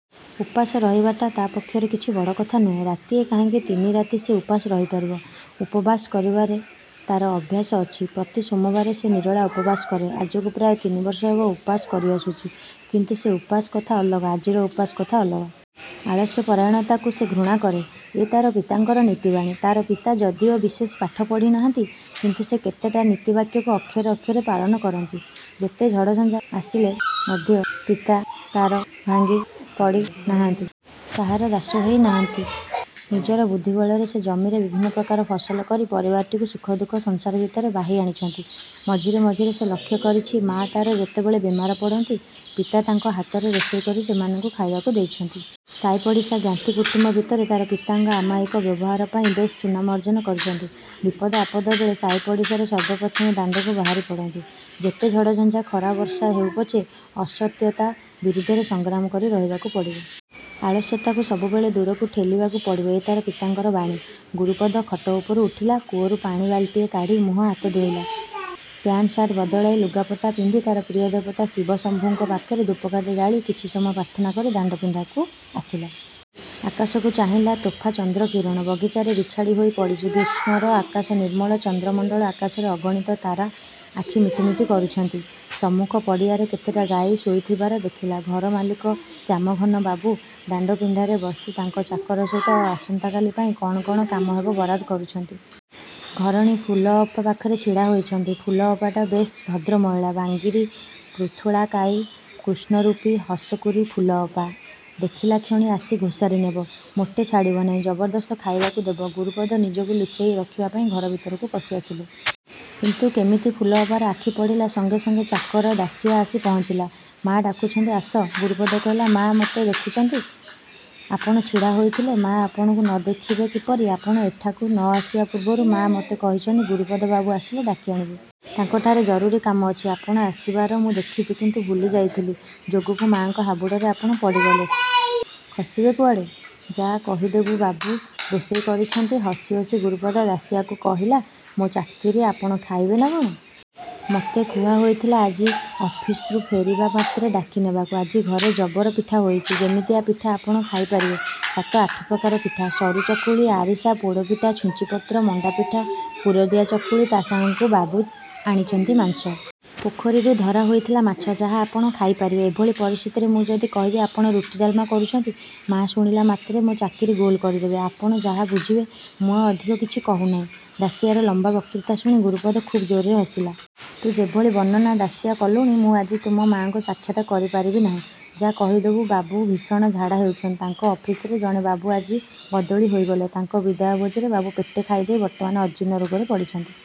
ଉପାସ ରହିବାଟା ତା'ପକ୍ଷରେ କିଛି ବଡ଼ କଥା ନୁହେଁ। ରାତିଏ କାହିଁକି ତିନି ରାତି ସେ ଉପାସ ରହିପାରିବ। ଉପବାସ କରିବାରେ ତା'ର ଅଭ୍ୟାସ ଅଛି। ପ୍ରତି ସୋମବାରେ ସେ ନିରୋଳା ଉପାସ କରେ। ଆଜକୁ ପ୍ରାୟ ତିନିବର୍ଷ ହେବ ଉପାସ କରିଆସୁଛି। କିନ୍ତୁ ସେ ଉପାସ କଥା ଅଲଗା, ଆଜିର ଉପାସ କଥା ଅଲଗା। ଆଳସ୍ୟପରାୟଣତାକୁ ସେ ଘୃଣା କରେ। ଏ ତା'ର ପିତାଙ୍କର ନୀତି ବାଣୀ। ତା'ର ପିତା ଯଦିଓ ବିଶେଷ ପାଠ ପଢ଼ି ନାହାନ୍ତି, କିନ୍ତୁ ସେ କେତେଟା ନୀତି ବାକ୍ୟକୁ ଅକ୍ଷରେ ଅକ୍ଷରେ ପାଳନ କରନ୍ତି। ଯେତେ ଝଡ଼ ଝଞ୍ଜା ଆସିଲେ ମଧ୍ୟ ପିତା ତା'ର ଭାଙ୍ଗି ପଡ଼ି ନାହାନ୍ତି। କାହାର ଦାସ ହୋଇ ନାହାନ୍ତି। ନିଜର ବୁଦ୍ଧିବଳରେ ସେ ଜମିରେ ବିଭିନ୍ନ ପ୍ରକାର ଫସଲ କରି ପରିବାରଟିକୁ ସୁଖ ଦୁଃଖ ସଂସାର ଭିତରେ ବାହି ଆଣିଛନ୍ତି। ମଝିରେ ମଝିରେ ସେ ଲକ୍ଷ୍ୟ କରିଛି ମା' ତା'ର ଯେତେବେଳେ ବେମାର ପଡ଼ନ୍ତି ପିତା ତା'ଙ୍କ ହାତରେ ରୋଷେଇ କରି ସେମାନଙ୍କୁ ଖାଇବାକୁ ଦେଇଛନ୍ତି। ସାଇ ପଡ଼ିଶା ଜ୍ଞାତି କୁଟୁମ୍ୱ ଭିତରେ ତା'ର ପିତାଙ୍କ ଅମାୟିକ ବ୍ୟବହାର ପାଇଁ ବେଶ୍ ସୁନାମ ଅର୍ଜ୍ଜନ କରିଛନ୍ତି। ବିପଦ ଆପଦ ବେଳେ ସାଇପଡ଼ିଶାରେ ସର୍ବ ପ୍ରଥମେ ଦାଣ୍ଡକୁ ବାହାରି ପଡ଼ନ୍ତି। ଯେତେ ଝଡ଼ଜଞ୍ଜା ଖରା ବର୍ଷା ହେଉ ପଛେ, ଅସତ୍ୟତା ବିରୁଦ୍ଧରେ ସଂଗ୍ରାମ କରି ରହିବାକୁ ପଡ଼ିବ। ଆଳସ୍ୟତାକୁ ସବୁବେଳେ ଦୂରକୁ ଠେଲିବାକୁ ପଡ଼ିବ ଏ ତା'ର ପିତାଙ୍କର ବାଣୀ। ଗୁରୁପଦ ଖଟ ଉପରୁ ଉଠିଲା। କୂଅରୁ ପାଣି ବାଲ୍ଟିଏ କାଢ଼ି ମୁହଁ ହାତ ଧୋଇଲା। ପ୍ୟାଣ୍ଟ ସାଟ୍ ବଦଳାଇ ଲୁଗାପଟା ପିନ୍ଧି ତା'ର ପ୍ରିୟ ଦେବତା ଶିବ ଶମ୍ଭୁଙ୍କ ପାଖରେ ଧୂପକାଠି ଜାଳି କିଛି ସମୟ ପ୍ରାର୍ଥନା କରି ଦାଣ୍ଡ ପିଣ୍ଡାକୁ ଆସିଲା। ଆକାଶକୁ ଚାହିଁଲା। ତୋଫା ଚନ୍ଦ୍ରକିରଣ। ବଗିଚାରେ ବିଛାଡ଼ି ହୋଇ ପଡ଼ିଛି। ଗ୍ରୀଷ୍ମର ଆକାଶ ନିର୍ମଳ ଚନ୍ଦ୍ରମଣ୍ଡଳ ଆକାଶରେ ଅଗଣିତ ତାରା ଆଖି ମିଟି ମିଟି କରୁଛନ୍ତି। ସମ୍ମୁଖ ପଡ଼ିଆରେ କେତେଟା ଗାଈ ଶୋଇଥିବାର ଦେଖିଲା। ଘର ମାଲିକ ଶ୍ୟାମଘନବାବୁ ଦାଣ୍ଡପିଣ୍ଡାରେ ବସି ତାଙ୍କ ଚାକର ସହିତ ଆସନ୍ତାକାଲି ପାଇଁ କ'ଣ କ'ଣ କାମହେବ ବରାଦ କରୁଛନ୍ତି। ଘରଣୀ ଫୁଲଅପା ପାଖରେ ଛିଡ଼ା ହୋଇଛନ୍ତି। ଫୁଲଅପାଟା ବେଶ୍ ଭଦ୍ର ମହିଳା। ବାଙ୍ଗିରି ପୃଥୁଳାକାୟୀ, କୃଷ୍ଣରୂପୀ, ହସକୁରୀ ଫୁଲଅପା। ଦେଖିଲାକ୍ଷଣି ଆସି ଘୋଷାରି ନେବ। ମୋଟେ ଛାଡ଼ିବ ନାହିଁ। ଜବରଦସ୍ତ ଖାଇବାକୁ ଦେବ। ଗୁରୁପଦ ନିଜକୁ ଲୁଚେଇ ରଖିବା ପାଇଁ ଘର ଭିତରକୁ ପଶି ଆସିଲା। କିନ୍ତୁ କେମିତି ଫୁଲଅପାର ଆଖି ପଡ଼ିଲା, ସଙ୍ଗେ ସଙ୍ଗେ ଚାକର ଦାଶିଆ ଆସି ପହଞ୍ଚିଲା। ମା' ଡାକୁଛନ୍ତି ଆସ। ଗୁରୁପଦ କହିଲା। ମା' ମୋତେ ଦେଖିଛନ୍ତି? ଆପଣ ଛିଡ଼ା ହୋଇଥିଲେ; ମା' ଆପଣଙ୍କୁ ନ ଦେଖିବେ କିପରି? ଆପଣ ଏଠାକୁ ନ ଆସିବା ପୂର୍ବରୁ ମା' ମୋତେ କହିଛନ୍ତି, ଗୁରୁପଦ ବାବୁ ଆସିଲେ ଡାକି ଆଣିବୁ। ତାଙ୍କଠାରେ ଜରୁରୀ କାମ ଅଛି। ଆପଣ ଆସିବାର ମୁଁ ଦେଖିଛି। କିନ୍ତୁ ଭୁଲିଯାଇଥିଲି। ଯୋଗକୁ ମା'ଙ୍କ ହାବୁଡ଼ରେ ଆପଣ ପଡ଼ିଗଲେ। ଖସିବେ କୁଆଡ଼େ? ଯା' କହିଦେବୁ ବାବୁ ରୋଷେଇ କରୁଛନ୍ତି। ହସି ହସି ଗୁରୁପଦ ଦାଶିଆକୁ କହିଲା। ମୋ ଚାକିରି ଆପଣ ଖାଇବେ ନା କ'ଣ? ମୋତେ କୁହା ହୋଇଥିଲା, ଆଜି ଅଫିସ୍ରୁ ଫେରିବା ମାତ୍ରେ ଡାକି ନେବାକୁ। ଆଜି ଘରେ ଜବର ପିଠା ହୋଇଛି। ଯେମିତିଆ ପିଠା ଆପଣ ଖାଇପାରିବେ। ସାତ ଆଠ ପ୍ରକାର ପିଠା, ସରୁ ଚକୁଳି, ଆରିଶା, ପୋଡ଼ପିଠା, ଛୁଞ୍ଚିପତ୍ର, ମଣ୍ଡାପିଠା, ପୁରଦିଆ ଚକୁଳି ତା' ସାଙ୍ଗକୁ ବାବୁ ଆଣିଛନ୍ତି ମାଂସ। ପୋଖରୀରୁ ଧରା ହୋଇଥିଲା ମାଛ। ଯାହା ଆପଣ ଖାଇ ପାରିବେ। ଏଭଳି ପରିସ୍ଥିତିରେ ମୁଁ ଯଦି କହିବି ଆପଣ ରୁଟି ଡାଲ୍ମା କରୁଛନ୍ତି, ମା' ଶୁଣିଲା ମାତ୍ରେ ମୋ ଚାକିରି ଗୋଲ କରିଦେବେ। ଆପଣ ଯାହା ବୁଝିବେ। ମୁଁ ଆଉ ଅଧିକ କିଛି କହୁନାହିଁ। ଦାଶିଆର ଲମ୍ୱା ବକ୍ତୃତା ଶୁଣି, ଗୁରୁପଦ ଖୁବ୍ ଜୋରରେ ହସିଲା। ତୁ ଯେଭଳି ବର୍ଣ୍ଣନା ଦାଶିଆ କଲୁଣି, ମୁଁ ଆଜି ତୁମ ମା'ଙ୍କୁ ସାକ୍ଷାତ କରି ପାରିବି ନାହିଁ। ଯା' କହିଦେବୁ ବାବୁ ଭୀଷଣ ଝାଡ଼ା ହେଉଛନ୍ତି। ତାଙ୍କ ଅଫିସ୍ରେ ଜଣେ ବାବୁ ଆଜି ବଦଳି ହୋଇଗଲେ। ତାଙ୍କ ବିଦାୟ ଭୋଜିରେ ବାବୁ ପେଟେ ଖାଇଦେଇ ବର୍ତ୍ତମାନ ଅଜୀର୍ଣ୍ଣ ରୋଗରେ ପଡ଼ିଛନ୍ତି।